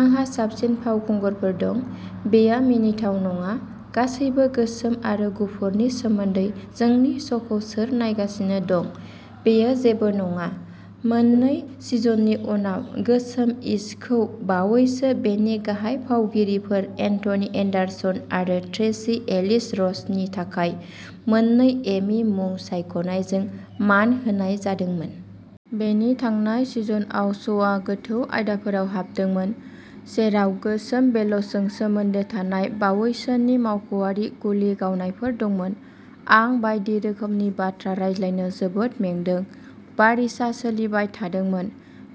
आंहा साबसिन फावखुंगुरफोर दं। बेयो मिनिथाव नङा। गासैबो गोसोम आरो गुफुरनि सोमोन्दैजोंनि श'खौ सोर नायगासिनो दं, बेयो जेबो नङा। " मोननै सिजननि उनाव, "गोसोम-इश" खौ बावैसो बेनि गाहाय फावगिरिफोर, एन्थनी एन्डारसन आरो ट्रेसी एलिस रसनि थाखाय मोन्नै एमी मुं सायख'नायजों मान होनाय जादोंमोन। बेनि थांनाय सिजनआव, श'आ गोथौ आयदाफोराव हाबदोंमोन, जेराव गोसोम बोलिफोरजों सोमोन्दो थानाय बावैसोनि मावख'आरि गुलि गावनायफोर दंमोन। "आं बायदि रोखोमनि बाथ्रा रायज्लायनो जोबोद मेंदों", बारिसआ सोलिबाय थादोंमोन।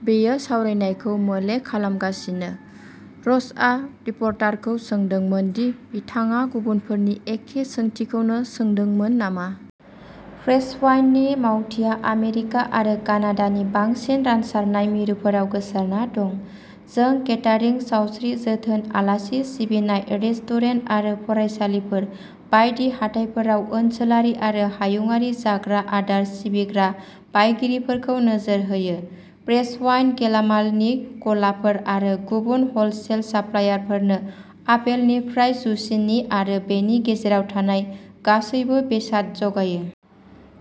"बेयो सावरायनायखौ मोले खालामगासिनो। " र'सआ रिपर्टारखौ सोंदोंमोन दि बिथाङा गुबुनफोरनि एखे सोंनायखौ सोंदोंमोन नामा। फ्रेशप्वाइन्टनि मावखान्थिया आमेरिका आरो कानाडायाव नि बांसिन रानसारनाय मिरुफोराव गोसारना दं। जों केटारिं, सावस्रि जोथोन, आलासि सिबिनाय, रेस्टुरेन्ट आरो फरायसालिफोर बायदि हाथाइफोराव ओनसोलारि आरो हायुंआरि जाग्रा आदार सिबिग्रा बायगिरिफोरखौ नोजोर होयो। फ्रेशप्वाइन्टआ गेलामालनि गलाफोर आरो गुबुन हलसेल साप्लायरफोरनो आपेलनिफ्राय जुचिनी आरो बेनि गेजेराव थानाय गासैबो बेसादफोर जगायो।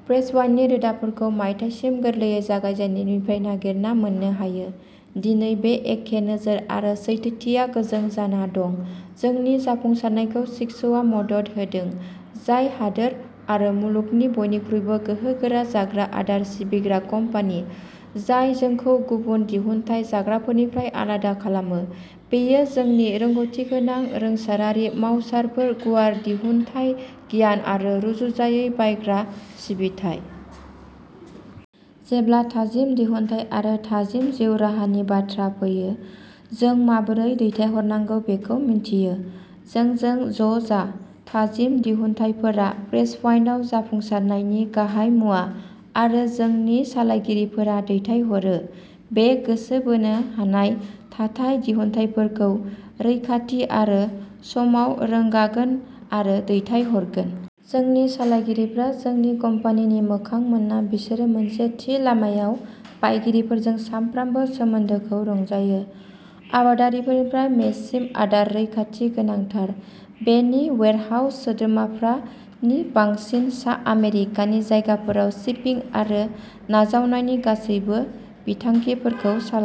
फ्रेशप्वाइन्टनि रोदाफोरखौ मायथाइसिम गोरलै जागायजेन्नायनिफ्राय नागिरना मोननो हायो। दिनै, बे एखे नोजोर आरो सैथोथिया गोजों जाना दं। जोंनि जाफुंसारनायखौ सिस्क'आ मदद होदों, जाय हादोर आरो मुलुगनि बयनिख्रुइबो गोहोगोरा जाग्रा आदार सिबिग्रा कम्पानि। जाय जोंखौ गुबुन दिहुनथाय जगायग्राफोरनिफ्राय आलादा खालामो, बेयो जोंनि रोंग'थिगोनां रोंग'सारारि मावसाफोर, गुवार दिहुनथाय गियान, आरो रुजुजायै बायग्रा सिबिथाइ। जेब्ला थाजिम दिहुनथाय आरो थाजिम जिउ राहानि बाथ्रा फैयो, जों माबोरै दैथायहरनांगौ बेखौ मिन्थियो। जोंजों ज'जा। थाजिम दिहुनथायफोरा फ्रेशप्वाइन्टआव जाफुंसारनायनि गाहाय मुवा आरो जोंनि सालायगिरिफोरा दैथायहरो। बे गोसो बोनो हानाय थाथाया दिहुनथायफोरखौ रैखाथि आरो समाव रोगागोन आरो दैथायहरगोन। जोंनि सालायगिरिफोरा जोंनि कम्पानिनि मोखां मानोना बिसोरो मोनसे थि लामायाव बायगिरिफोरजों सानफ्रोमबोनि सोमोन्दोखौ रंजायो। आबादारिनिफ्राय मेजसिम, आदार रैखाथिआ गोनांथार। जोंनि वेयारहाउस सोद्रोमाफोरा नि बांसिन सा आमेरिकानि जायगाफोराव शिपिं आरो नाजावनायनि गासैबो बिथिंफोरखौ सामलायो।